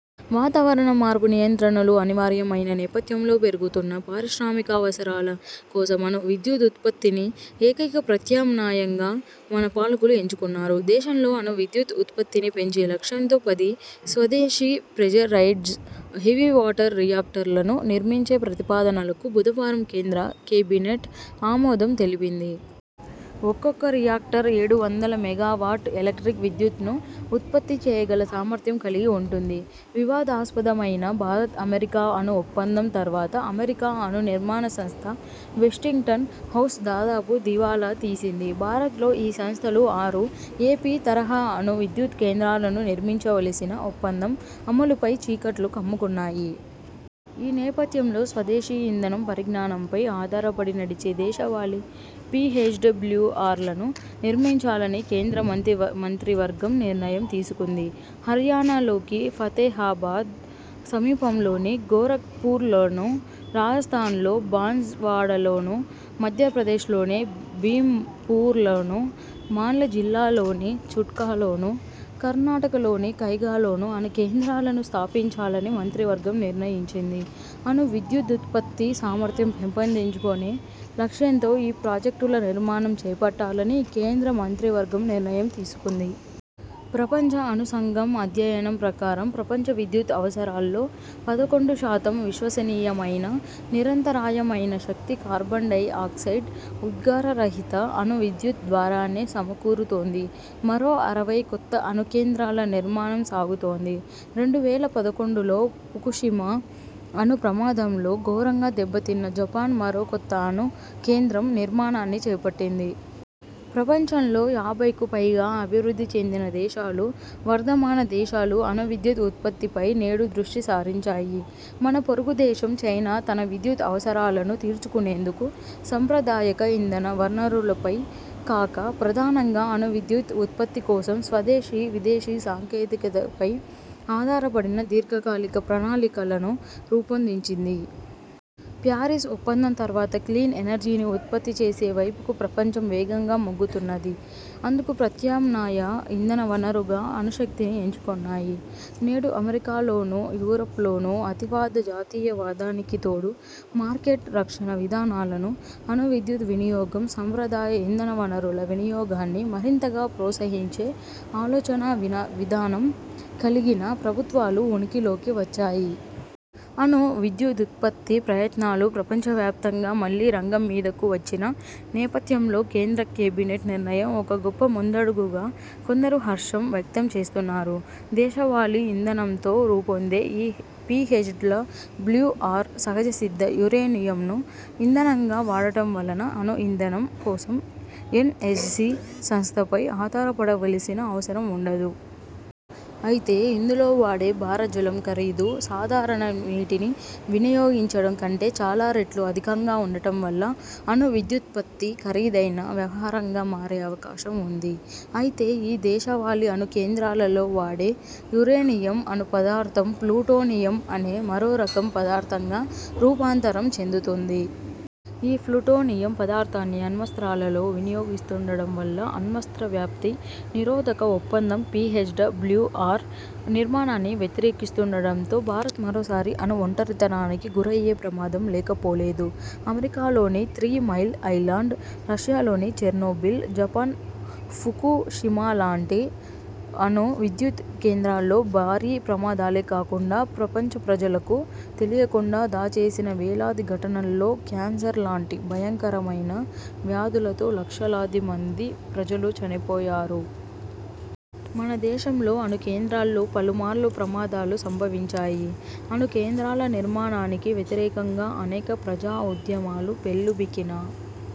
వాతావరణ మార్పు నియంత్రణలు అనివార్యమైన నేపథ్యంలో పెరుగుతున్న పారిశ్రామికావసరాల కోసం అణు విద్యుదుత్పత్తిని ఏకైక ప్రత్యామ్నాయంగా మన పాలకులు ఎంచుకున్నారు. దేశంలో అణు విద్యుత్ ఉత్పత్తిని పెంచే లక్ష్యంతో పది స్వదేశీ ప్రెజరైడ్స్ హెవీ వాటర్ రియాక్టర్లను నిర్మించే ప్రతిపాదనలకు బుధవారం కేంద్ర కేబినెట్ ఆమోదం తెలిపింది. ఒక్కొక్క రియాక్టర్ ఏడు వందల మెగావాట్ ఎలక్ట్రిక్ విద్యుత్ను ఉత్పత్తి చేయగల సామర్థ్యం కలిగి ఉంటుంది. వివాదాస్పదమైన భారత్ అమెరికా అణు ఒప్పందం తర్వాత అమెరికా అణు నిర్మాణ సంస్థ వెస్టింగ్టన్ హౌస్ దాదాపు దివాలా తీసింది. భారత్లో ఈ సస్థలు ఆరు 'ఏపీ ' తరహా అణు విద్యుత్ కేంద్రాలను నిర్మించవలసిన ఒప్పందం అమలుపై చీకట్లు కమ్ముకున్నాయి. ఈ నేపథ్యంలో స్వదేశీ ఇంధనం పరిజ్ఞానంపై ఆధారపడి నడిచే దేశవాళి పీహెచ్డబ్ల్యూఆర్లను నిర్మించాలని కేంద్ర మంత్రి మంత్రివర్గం నిర్ణయం తీసుకుంది. హర్యానాలోకి ఫతేహాబాద్ సమీపంలోని గోరఖ్పూర్లను, రాజస్థాన్లో బాన్సవాడలోను, మధ్యప్రదేశ్లోని భీమ్పూర్లోను, మాండ్ల జిల్లాలోని చుట్కాలోను, కర్ణాటకలోని కైగాలోను అణు కేంద్రాలను స్థాపించాలని మంత్రివర్గం నిర్ణయించింది. అణువిద్యుదుత్పత్తి సామర్థ్యం పెంపొందించుకునే లక్ష్యంతో ఈ ప్రాజెక్టుల నిర్మాణం చేపట్టాలని కేంద్ర మంత్రివర్గం నిర్ణయం తీసుకుంది. ప్రపంచ అణు సంఘం అధ్యయనం ప్రకారం ప్రపంచ విద్యుత్ అవసరాల్లో పదకొండు శాతం విశ్వసనీయమైన, నిరంతరాయమైన శక్తి, కార్బన్ డై ఆక్సైడ్ ఉద్గారరహిత అణు విద్యుత్ ద్వారానే సమకూరుతోంది. మరో అరవై కొత్త అణు కేంద్రాల నిర్మాణం సాగుతోంది. రెండు వేల పదకొండులో ఫుకుషిమా అణు ప్రమాదంలో ఘోరంగా దెబ్బతిన్న జపాన్ మరో కొత్త అణు కేంద్రం నిర్మాణాన్ని చేపట్టింది. ప్రపంచంలో యాభైకు పైగా అభివృద్ధి చెందిన దేశాలు, వర్ధమాన దేశాలు అణు విద్యుత్ ఉత్పత్తిపై నేడు దృష్టి సారించాయి. మన పొరుగు దేశం చైనా తన విద్యుత్ అవసరాలను తీర్చుకునేందుకు సంప్రదాయక ఇంధన వనరులపై కాక, ప్రధానంగా అణు విద్యుత్ ఉత్పత్తి కోసం స్వదేశీ, విదేశీ సాంకేతికతపై ఆధారపడిన దీర్ఘకాలిక ప్రణాళికలను రూపొందించింది. ప్యారిస్ ఒప్పందం తర్వాత క్లీన్ ఎనర్జీని ఉత్పత్తి చేసే వైపుకు ప్రపంచం వేగంగా మొగ్గుతున్నది. అందుకు ప్రత్యామ్నాయ ఇంధన వనరుగా అణుశక్తిని ఎంచుకున్నాయి. నేడు అమెరికాలోను, యూరప్లోను అతివాద జాతీయవాదానికి తోడు మార్కెట్ రక్షణ విధానాలను, అణు విద్యుత్ వినియోగం, సంప్రదాయ ఇంధన వనరుల వినియోగాన్ని మరింతగా ప్రోత్సహించే ఆలోచనా విధానం కలిగిన ప్రభుత్వాలు ఉనికిలోకి వచ్చాయి. అణు విద్యుదుత్పత్తి ప్రయత్నాలు ప్రపంచవ్యాప్తంగా మళ్లీ రంగం మీదకు వచ్చిన నేపథ్యంలో కేంద్ర కేబినెట్ నిర్ణయం ఒక గొప్ప ముందడుగుగా కొందరు హర్షం వ్యక్తం చేస్తున్నారు. దేశవాళీ ఇంధనంతో రూపొందే ఈ పీహెచ్డ్లబ్ల్యూఆర్ సహజసిద్ధ యురేనియంను ఇంధనంగా వాడటం వలన అణు ఇంధనం కోసం ఎన్ఎస్జీ సంస్థపై ఆధారపడవలసిన అవసరం ఉండదు. అయితే ఇందులో వాడే భార జలం ఖరీదు సాధారణ నీటిని వినియోగించడం కంటే చాలా రెట్లు అధికంగా ఉండటం వల్ల అణువిద్యుత్పత్తి ఖరీదైన వ్యవహారంగా మారే అవకాశం ఉంది. అయితే ఈ దేశవాళి అణు కేంద్రాలలో వాడే యురేనియం అణు పదార్థం ప్లూటోనియం అనే మరోరకం పదార్థంగా రూపాంతరం చెందుతుంది. ఈ ప్లుటోనియం పదార్థాన్ని అణ్వస్త్రాలలో వినియోగిస్తుండడం వల్ల అణ్వస్త్ర వ్యాప్తి నిరోధక ఒప్పందం పీహెచ్డబ్ల్యూఆర్ నిర్మాణాన్ని వ్యతిరేకిస్తుండడంతో భారత్ మరోసారి అణు ఒంటరితనానికి గురయ్యే ప్రమాదం లేకపోలేదు. అమెరికాలోని త్రీమైల్ ఐలాండ్, రష్యాలోని చెర్నోబిల్, జపాన్ ఫుకుషిమాలాంటి అణు విద్యుత్ కేంద్రాల్లో భారీ ప్రమాదాలే కాకుండా, ప్రపంచ ప్రజలకు తెలియకుండా దాచేసిన వేలాది ఘటనల్లో క్యాన్సర్ లాంటి భయంకరమైన వ్యాధులతో లక్షలాది మంది ప్రజలు చనిపోయారు. మన దేశంలో అణు కేంద్రాల్లో పలుమార్లు ప్రమాదాలు సంభవించాయి. అణు కేంద్రాల నిర్మాణానికి వ్యతిరేకంగా అనేక ప్రజా ఉద్యమాలు పెల్లుబికిన